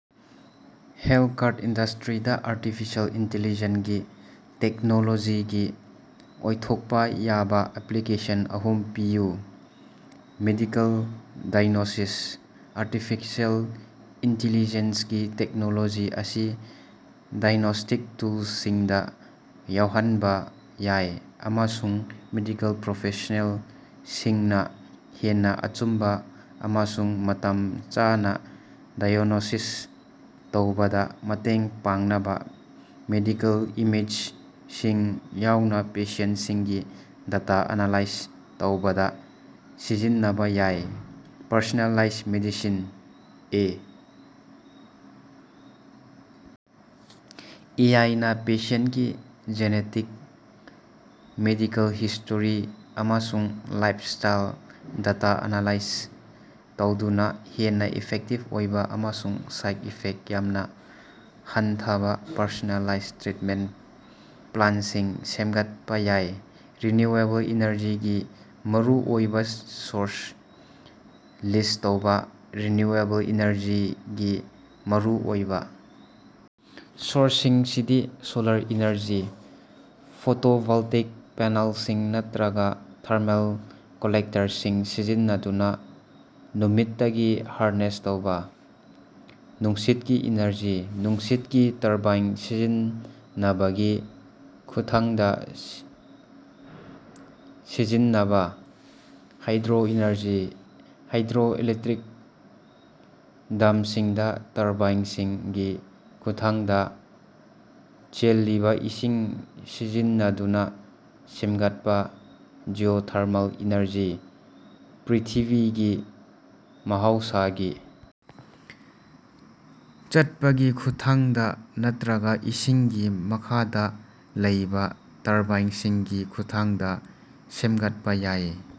ꯍꯦꯜꯊꯀꯥꯠ ꯏꯟꯗꯁꯇ꯭ꯔꯤꯗ artificial intelligence ꯒꯤ ꯇꯦꯛꯅꯣꯂꯣꯖꯤꯒꯤ ꯑꯣꯏꯊꯣꯛꯄ ꯌꯥꯕ ꯑꯦꯄ꯭ꯂꯤꯀꯦꯁꯟ ꯑꯍꯨꯝ ꯄꯤꯌꯨ꯫ ꯃꯦꯗꯤꯀꯦꯜ ꯗꯥꯏꯒ꯭ꯅꯣꯁꯤꯁ: ꯑꯥꯔꯇꯤꯐꯤꯁꯤꯑꯦꯜ ꯏꯟꯇꯤꯂꯤꯖꯦꯟꯁ ꯒꯤ ꯇꯦꯛꯅꯣꯂꯣꯖꯤ ꯑꯁꯤ ꯗꯥꯏꯒꯅꯣꯁꯇꯤꯛ ꯇꯨꯜꯁꯤꯡꯗ ꯌꯥꯎꯍꯟꯕ ꯌꯥꯏ ꯑꯃꯁꯨꯡ ꯃꯦꯗꯤꯀꯦꯜ ꯄ꯭ꯔꯣꯐꯦꯁꯅꯦꯜꯁꯤꯡꯅ ꯍꯦꯟꯅ ꯑꯆꯨꯝꯕ ꯑꯃꯁꯨꯡ ꯃꯇꯝ ꯆꯥꯅ ꯗꯥꯏꯒ꯭ꯅꯣꯁꯤꯁ ꯇꯧꯕꯗ ꯃꯇꯦꯡ ꯄꯥꯡꯅꯕ ꯃꯦꯗꯤꯀꯦꯜ ꯏꯃꯦꯖꯁꯤꯡ ꯌꯥꯎꯅ ꯄꯦꯁꯦꯟꯇꯁꯤꯡꯒꯤ ꯗꯦꯇ ꯑꯦꯅꯥꯂꯥꯏꯖ ꯇꯧꯕꯗ ꯁꯤꯖꯤꯟꯅꯕ ꯌꯥꯏ꯫ Personalise medicine: A. E I. ꯅꯥ ꯄꯦꯁꯦꯟꯇꯀꯤ ꯖꯦꯅꯦꯇꯤꯛꯁ, ꯃꯦꯗꯤꯀꯦꯜ ꯍꯤꯁ꯭ꯇꯔꯤ, ꯑꯃꯁꯨꯡ ꯂꯥꯏꯐꯁ꯭ꯇꯥꯏꯜ ꯗꯦꯇꯥ ꯑꯦꯅꯥꯂꯥꯏꯖ ꯇꯧꯗꯨꯅ ꯍꯦꯟꯅ ꯏꯐꯦꯛꯇꯤꯕ ꯑꯣꯏꯕ ꯑꯃꯁꯨꯡ ꯁꯥꯏꯗ ꯏꯐꯦꯛꯇ ꯌꯥꯝꯅ ꯍꯟꯊꯕ ꯄꯔꯁꯣꯅꯦꯂꯥꯏꯖ ꯇ꯭ꯔꯤꯠꯃꯦꯟꯇ ꯄ꯭ꯂꯥꯟꯁꯤꯡ ꯁꯦꯝꯒꯠꯄ ꯌꯥꯏ꯫ ꯔꯤꯅ꯭ꯌꯨꯑꯦꯕꯜ ꯏꯅꯔꯖꯤꯒꯤ ꯃꯔꯨꯑꯣꯏꯕ ꯁꯣꯔꯁꯁꯤꯡ ꯂꯤꯁ ꯇꯧꯕ꯫ ꯔꯤꯅ꯭ꯌꯨꯑꯦꯕꯜ ꯏꯅꯔꯖꯤꯒꯤ ꯃꯔꯨꯑꯣꯏꯕ ꯁꯣꯔꯁꯁꯤꯡꯗꯤ: ꯁꯣꯂꯥꯔ ꯑꯦꯅꯔꯖꯤ: ꯐꯣꯇꯣꯚꯣꯜꯇꯦꯛ ꯄꯦꯅꯦꯜꯁꯤꯡ ꯅꯠꯇ꯭ꯔꯒ ꯊꯔꯃꯦꯜ ꯀꯂꯦꯛꯇꯔꯁꯤꯡ ꯁꯤꯖꯤꯟꯅꯗꯨꯅ ꯅꯨꯃꯤꯠꯇꯒꯤ ꯍꯥꯔꯅꯦꯁ ꯇꯧꯕ꯫ ꯅꯨꯡꯁꯤꯠꯀꯤ ꯏꯅꯔꯖꯤ: ꯅꯨꯡꯁꯤꯠꯀꯤ ꯇꯔꯕꯥꯏꯟ ꯁꯤꯖꯤꯟꯅꯕꯒꯤ ꯈꯨꯠꯊꯥꯡꯗ ꯁꯤꯖꯤꯟꯅꯕ꯫ ꯍꯥꯏꯗ꯭ꯔꯣ ꯏꯅꯔꯖꯤ: ꯍꯥꯏꯗ꯭ꯔꯣꯏꯂꯦꯛꯇ꯭ꯔꯤꯛ ꯗꯥꯝꯁꯤꯡꯗ ꯇꯔꯕꯥꯏꯟꯁꯤꯡꯒꯤ ꯈꯨꯠꯊꯥꯡꯗ ꯆꯦꯜꯂꯤꯕ ꯏꯁꯤꯡ ꯁꯤꯖꯤꯟꯅꯗꯨꯅ ꯁꯦꯝꯒꯠꯄ꯫ ꯖꯤꯑꯣꯊꯔꯃꯦꯜ ꯑꯦꯅꯔꯖꯤ: ꯄ꯭ꯔꯤꯊꯤꯕꯤꯒꯤ ꯃꯍꯧꯁꯥꯒꯤ ꯆꯠꯄꯒꯤ ꯈꯨꯠꯊꯥꯡꯗ ꯅꯠꯇ꯭ꯔꯒ ꯏꯁꯤꯡꯒꯤ ꯃꯈꯥꯗ ꯂꯩꯕ ꯇꯔꯕꯥꯏꯟꯁꯤꯡꯒꯤ ꯈꯨꯠꯊꯥꯡꯗ ꯁꯦꯝꯒꯠꯄ ꯌꯥꯏ꯫